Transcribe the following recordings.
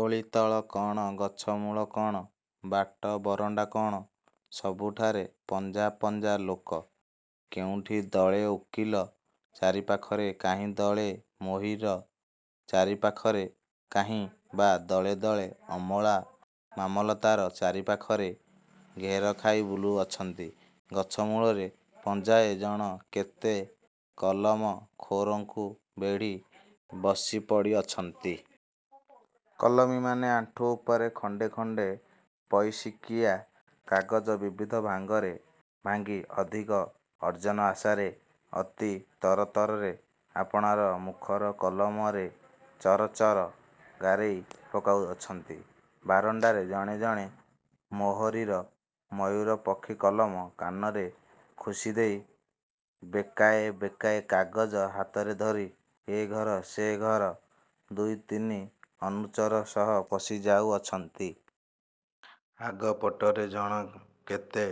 ଓଳିତଳ କଣ, ଗଛମୂଳ କଣ, ବାଟ ବରଣ୍ଡା କଣ, ସବୁଠାରେ ପଞ୍ଝା ପଞ୍ଝା ଲୋକ। କେଉଁଠି ଦଳେ ଓକିଲ ଚାରିପାଖରେ କାହିଁ ଦଳେ ମୋହରିର ଚାରିପାଖରେ କାହିଁ ବା ଦଳେ ଦଳେ ଅମଲା, ମାମଲତକାର ଚାରିପାଖରେ ଘେରଖାଇ ବୁଲୁଅଛନ୍ତି। ଗଛମୂଳରେ ପଞ୍ଝାଏ ଜଣକେତେ କଲମଖୋରଙ୍କୁ ବେଢ଼ି ବସିପଡ଼ିଅଛନ୍ତି। କଲମୀମାନେ ଆଣ୍ଠୁ ଉପରେ ଖଣ୍ଡେ ଖଣ୍ଡେ ପଇସିକିଆ କାଗଜ ବିବିଧ ଭାଙ୍ଗରେ ଭାଙ୍ଗି ଅଧିକ ଅର୍ଜନ ଆଶାରେ ଅତି ତରତରରେ ଆପଣାର ମୁଖର କଲମରେ ଚର ଚର ଗାରେଇ ପକାଉଅଛନ୍ତି। ବାରଣ୍ଡାରେ ଜଣେ ଜଣେ ମୋହରିର ମୟୂରପକ୍ଷିକଲମ କାନରେ ଖୋଷିଦେଇ ବେକାଏ ବେକାଏ କାଗଜ ହାତରେ ଧରି ଏ ଘର ସେ ଘର ଦୁଇ ତିନି ଅନୁଚର ସହ ପଶି ଯାଉଅଛନ୍ତି। ଆଗପଟରେ ଜଣକେତେ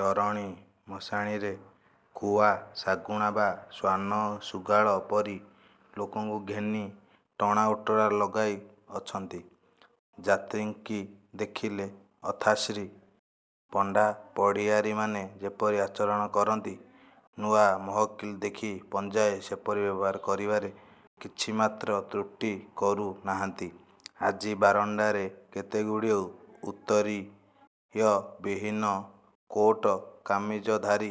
ଟରଣୀ ମଶାଣିରେ କୁଆ ଶାଗୁଣା ବା ଶ୍ୱାନ ଶୃଗାଳ ପରି ଲୋକଙ୍କୁ ଘେନି ଟଣାଓଟରା ଲଗାଇଅଛନ୍ତି। ଯାତ୍ରିଙ୍କି ଦେଖିଲେ ଅର୍ଥାଶୀ ପଣ୍ଡାପଢ଼ିଆରୀମାନେ ଯେପରି ଆଚରଣ କରନ୍ତି, ନୂଆ ମହକିଲ ଦେଖି ପଞ୍ଝାଏ ସେପରି ବ୍ୟବହାର କରିବାରେ କିଛିମାତ୍ର ତ୍ରୁଟି କରୁ ନାହାନ୍ତି। ଆଜି ବରଣ୍ଡାରେ କେତେଗୁଡ଼ିଏ ଉତ୍ତରୀୟବିହୀନ କୋଟ କାମିଜଧାରୀ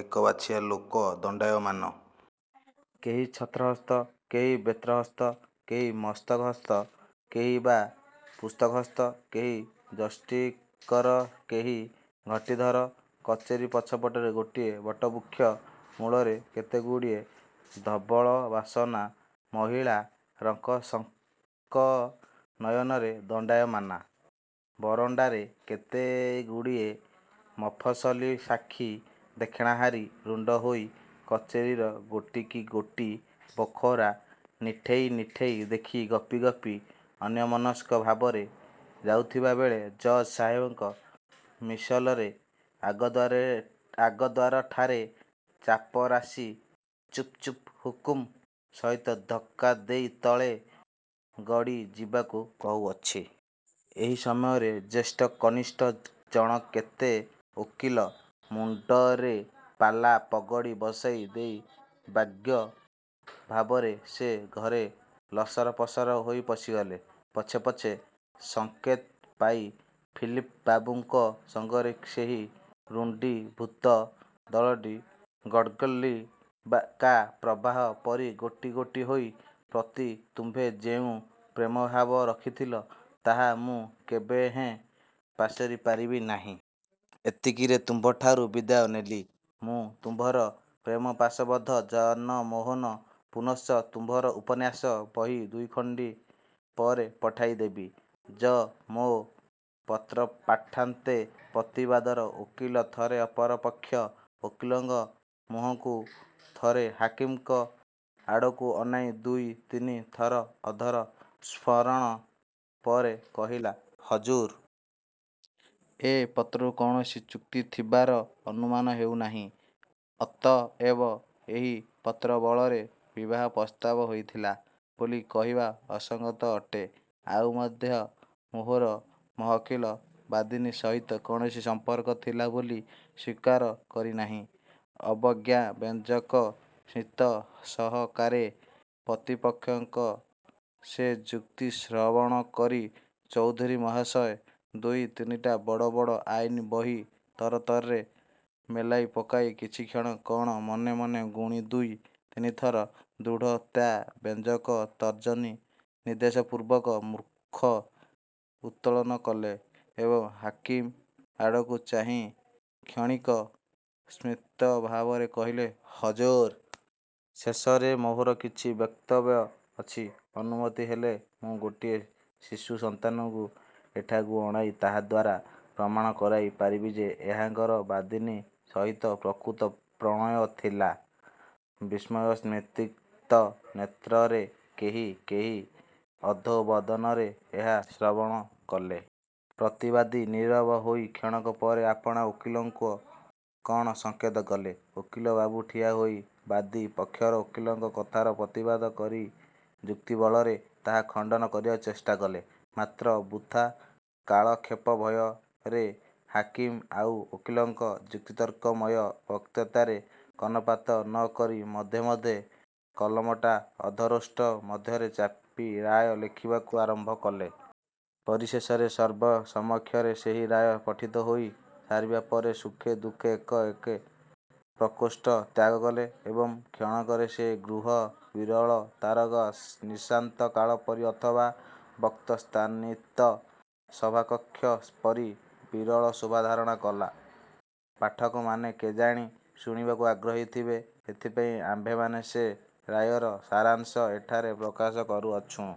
ଏକବାଛିଆ ଲୋକ ଦଣ୍ଡାୟମାନ। କେହି ଛତ୍ରହସ୍ତ, କେହି ବେତ୍ରହସ୍ତ, କେହି ମସ୍ତକହସ୍ତ, କେହି ବା ପୁସ୍ତକହସ୍ତ, କେହି ଯଷ୍ଟିକର, କେହି ଘଟୀ-ଧର। କଚେରି ପଛପଟରେ ଗୋଟିଏ ବଟବୃକ୍ଷ ମୂଳରେ କେତେଗୁଡ଼ିଏ ଧବଳବସନା ମହିଳା ରଙ୍କ-ସଶଙ୍କ ନୟନରେ ଦଣ୍ଡାୟମାନା। ବରଣ୍ଡାରେ କେତେଗୁଡ଼ିଏ ମଫସଲୀ ସାକ୍ଷୀ ଦେଖଣାହାରୀ ରୁଣ୍ଡ ହୋଇ କଚେରିର ଗୋଟିକିଗୋଟି ବଖରା ନିଠେଇ ନିଠେଇ ଦେଖି ଗପି ଗପି ଅନ୍ୟମନସ୍କ ଭାବରେ ଯାଉଥିବା ବେଳେ ଜଜ୍ ସାହେବଙ୍କ ମିସଲର ଆଗଦ୍ୱାରଠାରେ ଚାପରାଶି 'ଚୁପ୍ଚୁପ୍' ହୁକୁମ ସହିତ ଧକ୍କା ଦେଇ ତଳେ ଗଡ଼ି ଯିବାକୁ କହୁଅଛି। ଏହି ସମୟରେ ଜ୍ୟେଷ୍ଠ କନିଷ୍ଠ ଜଣକେତେ ଓକିଲ ମୁଣ୍ଡରେ ପାଲା-ପଗଡ଼ି ବସାଇ ଦେଇ ବ୍ୟଗ୍ର ଭାବରେ ସେ ଘରେ ଲସରପସର ହୋଇ ପଶିଗଲେ। ପଛେ ପଛେ ସଙ୍କେତ ପାଇ ଫିଲିପ ବାବୁଙ୍କ ସଙ୍ଗରେ ସେହି ରୁଣ୍ଡୀଭୂତ ଦଳଟି ଗଡ୍ଡଳିକାପ୍ରବାହ ପରି ଗୋଟି ଗୋଟି ହୋଇ। ପ୍ରତି ତୁମ୍ଭେ ଯେଉଁ ପ୍ରେମ ଭାବ ରଖିଥିଲ, ତାହା ମୁଁ କେବେହେଁ ପାସୋରି ପାରିବି ନାହିଁ। ଏତିକିରେ ତୁମ୍ଭଠାରୁ ବିଦାୟ ନେଲି। ମୁଁ ତୁମ୍ଭର ପ୍ରେମପାଶବଦ୍ଧ ଜନମୋହନ। ପୁନଶ୍ଚ- ତୁମ୍ଭର ଉପନ୍ୟାସ ବହି ଦୁଇଖଣ୍ଡି ପରେ ପଠାଇଦେବି। ଜ. ମୋ. ପତ୍ରପାଠାନ୍ତେ ପ୍ରତିବାଦିର ଓକିଲ ଥରେ ଅପର ପକ୍ଷ ଓକିଲଙ୍କ ମୁହଁକୁ, ଥରେ ହାକିମଙ୍କ ଆଡ଼କୁ ଅନାଇ ଦୁଇ ତିନି ଥର ଅଧର ସ୍ଫୁରଣ ପରେ କହିଲେ, ''ହଜୁର! ଏ ପତ୍ରରୁ କୌଣସି ଚୁକ୍ତି ଥିବାର ଅନୁମାନ ହେଉ ନାହିଁ। ଅତଏବ ଏହି ପତ୍ରବଳରେ ବିବାହ ପ୍ରସ୍ତାବ ହୋଇଥିଲା ବୋଲି କହିବା ଅସଙ୍ଗତ ଅଟେ। ଆଉ ମଧ୍ୟ ମୋହର ମହକିଲ ବାଦିନୀ ସହିତ କୌଣସି ସମ୍ପର୍କ ଥିଲା ବୋଲି ସ୍ୱୀକାର କରି ନାହିଁ। '' ଅବଜ୍ଞାବ୍ୟଞ୍ଜକ ସ୍ମିତସହକାରେ ପ୍ରତିପକ୍ଷଙ୍କ ସେ ଯୁକ୍ତି ଶ୍ରବଣ କରି ଚୌଧୁରୀ ମହାଶୟ ଦୁଇ ତିନିଟା ବଡ଼ ବଡ଼ ଆଇନ ବହି ତରତରରେ ମେଲାଇ ପକାଇ କିଛିକ୍ଷଣ କଣ ମନେ ମନେ ଗୁଣି ଦୁଇ ତିନିଥର ଦୃଢ଼ତାବ୍ୟଞ୍ଜକ ତର୍ଜନୀ ନିର୍ଦ୍ଦେଶପୂର୍ବକ ମୁଖ ଉତ୍ତୋଳନ କଲେ ଏବଂ ହାକିମ ଆଡ଼କୁ ଚାହିଁ କ୍ଷଣିକ ସ୍ତିମିତଭାବରେ କହିଲେ,'' ହଜୁର! ଶେଷରେ ମୋହର କିଛି ବକ୍ତବ୍ୟ ଅଛି। ଅନୁମତି ହେଲେ ମୁଁ ଗୋଟିଏ ଶିଶୁ ସନ୍ତାନକୁ ଏଠାକୁ ଅଣାଇ ତାହାଦ୍ୱାରା ପ୍ରମାଣ କରାଇ ପାରିବି ଯେ, ଏହାଙ୍କର ବାଦିନୀ ସହିତ ପ୍ରକୃତ ପ୍ରଣୟ ଥିଲା। '' ବିସ୍ମୟସ୍ତିମିତ ନେତ୍ରରେ କେହି କେହି ଅଧୋବଦନରେ ଏହା ଶ୍ରବଣ କଲେ। ପ୍ରତିବାଦୀ ନୀରବ ହୋଇ କ୍ଷଣକ ପରେ ଆପଣା ଓକିଲଙ୍କୁ କଣ ସଙ୍କେତ କଲେ। ଓକିଲ ବାବୁ ଠିଆ ହୋଇ ବାଦୀ ପକ୍ଷର ଓକିଲଙ୍କ କଥାର ପ୍ରତିବାଦ କରି ଯୁକ୍ତିବଳରେ ତାହା ଖଣ୍ଡନ କରିବାକୁ ଚେଷ୍ଟା କଲେ। ମାତ୍ର ବୃଥା କାଳକ୍ଷେପ ଭୟରେ ହାକିମ ଆଉ ଓକିଲଙ୍କ ଯୁକ୍ତିତର୍କମୟ ବକ୍ତୃତାରେ କର୍ଣ୍ଣପାତ ନ କରି ମଧ୍ୟେ ମଧ୍ୟେ କଲମଟା ଅଧରୋଷ୍ଠ ମଧ୍ୟରେ ଚାପି ରାୟ ଲେଖିବାକୁ ଆରମ୍ଭ କଲେ। ପରିଶେଷରେ ସର୍ବସମକ୍ଷରେ ସେହି ରାୟ ପଠିତ ହୋଇ ସାରିବା ପରେ ସୁଖେ ଦୁଃଖେ ଏକେ ଏକେ ପ୍ରକୋଷ୍ଠ ତ୍ୟାଗ କଲେ ଏବଂ କ୍ଷଣକରେ ସେ ଗୃହ ବିରଳତାରକ ନିଶାନ୍ତକାଳ ପରି ଅଥବା ବକ୍ତୃତାନ୍ତସ୍ଥିତ ସଭାକକ୍ଷ ପରି ବିରଳ ଶୋଭା ଧାରଣ କଲା। ପାଠକମାନେ କେଜାଣି ଶୁଣିବାକୁ ଆଗ୍ରହୀ ଥିବେ, ଏଥିପାଇଁ ଆମ୍ଭେମାନେ ସେ ରାୟର ସାରାଶଂ ଏଠାରେ ପ୍ରକାଶ କରୁଅଛୁଁ।